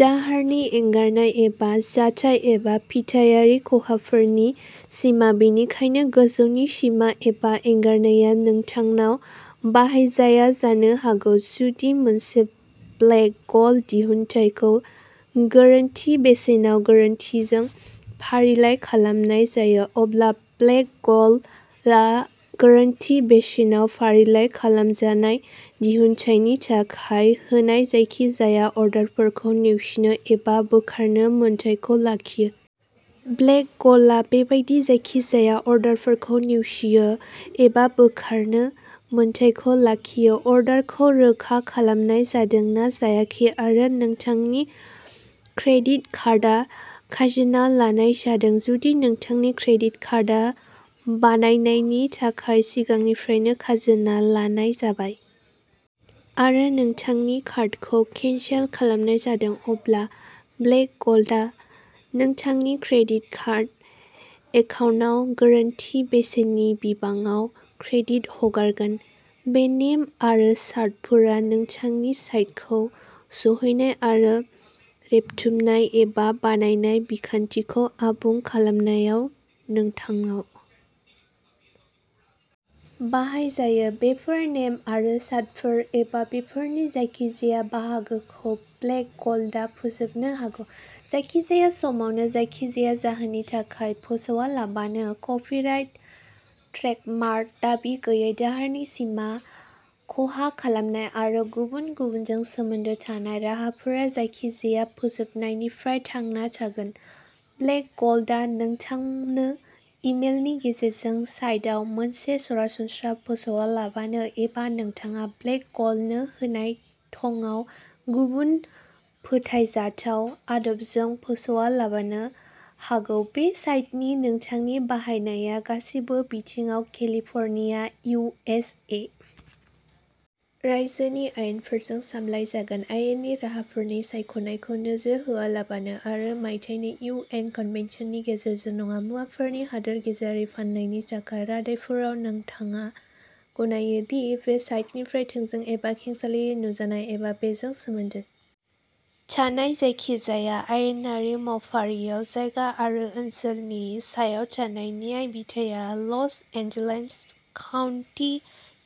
दाहारनि एंगारनाय एबा जाथाय एबा फिथायारि खहाफोरनि सिमा बेनिखायनो गोजौनि सिमा एबा एंगारनाया नोंथांनाव बाहायजाया जानो हागौ जुदि मोनसे ब्लेक गल्ड दिहुनथायखौ गोरोन्थि बेसेनाव गोरोन्थिजों फारिलाइ खालामनाय जायो अब्ला ब्लेक गल्डआ गोरोन्थि बेसेनाव फारिलाइ खालामजानाय दिहुनथायनि थाखाय होनाय जायखिजाया अर्डारफोरखौ नेवसिनो एबा बोखारनो मोन्थाइखौ लाखियो। ब्लेक गल्डआ बेबादि जायखिजाया अर्डारफोरखौ नेवसिनो एबा बोखारनो मोन्थाइखौ लाखियो अर्डारखौ रोखा खालामनाय जादों ना जायाखै आरो नोंथांनि क्रेडिट कार्डआ खाजोना लानाय जादों जुदि नोंथांनि क्रेडिट कार्डआ बायनायनि थाखाय सिगांनिफ्रायनो खाजोना लानाय जाबाय आरो नोंथांनि अर्डारखौ केनसेल खालामनाय जादों अब्ला ब्लेक गल्डआ नोंथांनि क्रेडिट कार्ड एकाउन्टआव गोरोन्थि बेसेननि बिबांआव क्रेडिट हरगोन बे नेम आरो सर्तफोरा नोंथांनि साइटखौ सौहैनाय आरो रेबथुमनाय एबा बायनाय बिखान्थिखौ आबुं खालामनायाव नोंथांनाव बाहायजायो बेफोर नेम आरो सर्तफोर एबा बेफोरनि जायखिजाया बाहागोखौ ब्लेक गल्डआ फोजोबनो हागौ जायखिजाया समावनो जायखिजाया जाहोननि थाखाय फोसावालाबानो कपिराइट ट्रेडमार्क दाबि गैयै दाहारनि सिमा खहा खालामनाय आरो गुबुन गुबुनजों सोमोन्दो थानाय राहाफोरा जायखिजाया फोजोबनायनिफ्राय थांना थागोन ब्लेक गल्डआ नोंथांनो इ मेलनि गेजेरजों साइटआव मोनसे सरासनस्रा फोसावालाबानो एबा नोंथाङा ब्लेक गल्डनो होनाय थंआव गुबुन फोथायजाथाव आदबजों फोसावालाबानो हागौ बे साइटनि नोंथांनि बाहायनाया गासैबो बिथिङाव केलिफर्निया इउ एस ए. रायजोनि आयेनफोरजों सामलायजागोन आयेननि राहाफोरनि सायख'नायखौ नोजोर होआलाबानो आरो मायथाइनि इउ एन कनभेनसननि गेजेरजों नङा मुवाफोरनि हादोर गेजेरारि फाननायनि थाखाय रादायफोराव नोंथाङा गनायो दि बे साइटनिफ्राय थोंजों एबा खेंसालियायै नुजानाय एबा बेजों सोमोन्दो थानाय जायखिजाया आयेनारि मावफारिआव जायगा आरो ओनसोलनि सायाव थानाय न्यायबिथाया लस एन्जेल्स काउन्टि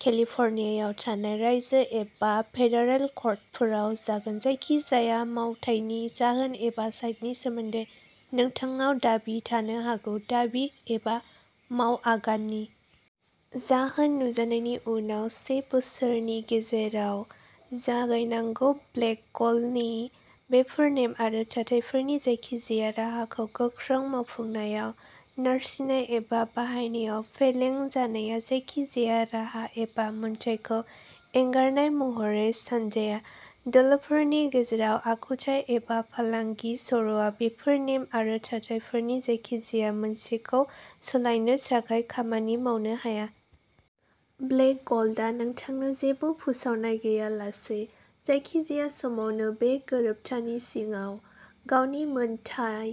केलिफर्नियायाव थानाय रायजो एबा फेडारेल कर्टफोराव जागोन जायखिजाया मावथायनि जाहोन एबा साइटनि सोमोन्दै नोंथांनाव दाबि थानो हागौ दाबि एबा मावआगाननि जाहोन नुजानायनि उनाव से बोसोरनि गेजेराव जागायनांगौ ब्लेक गल्डनि बेफोर नेम आरो थाथायफोरनि जायखिजाया राहाखौ गोख्रों मावफुंनायाव नारसिननाय एबा बाहायनायाव फेलें जानाया जायखिजाया राहा एबा मोनथायखौ एंगारनाय महरै सानजाया दोलोफोरनि गेजेराव आखुथाय एबा फालांगि सर'आ बेफोर नेम आरो थाथायफोरनि जायखिजाया मोनसेखौ सोलायनो थाखाय खामानि मावनो हाया। ब्लेक गल्डआ नोंथांनो जेबो फोसावनाय गैयालासे जायखिजाया समावनो बे गोरोबथानि सिङाव गावनि मोनथाय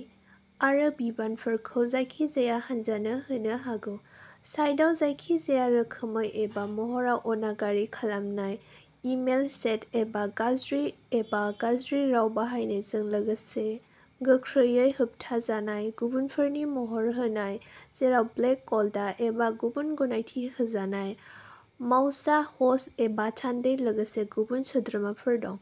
आरो बिबानफोरखौ जायखिजाया हान्जानो होनो हागौ। साइटआव जायखिजाया रोखोमै एबा महराव अनागारि खालामनाय इ मेल चैट एबा गाज्रि एबा गाज्रि राव बाहायनायजों लोगोसे गोख्रोङै होबथाजानाय गुबुनफोरनि महर होनाय जेराव ब्लेक गल्ड एबा गुबुन गनायथि होजानाय मावसा ह'स्ट एबा थान्दै लोगोसे गुबुन सोद्रोमाफोर दं।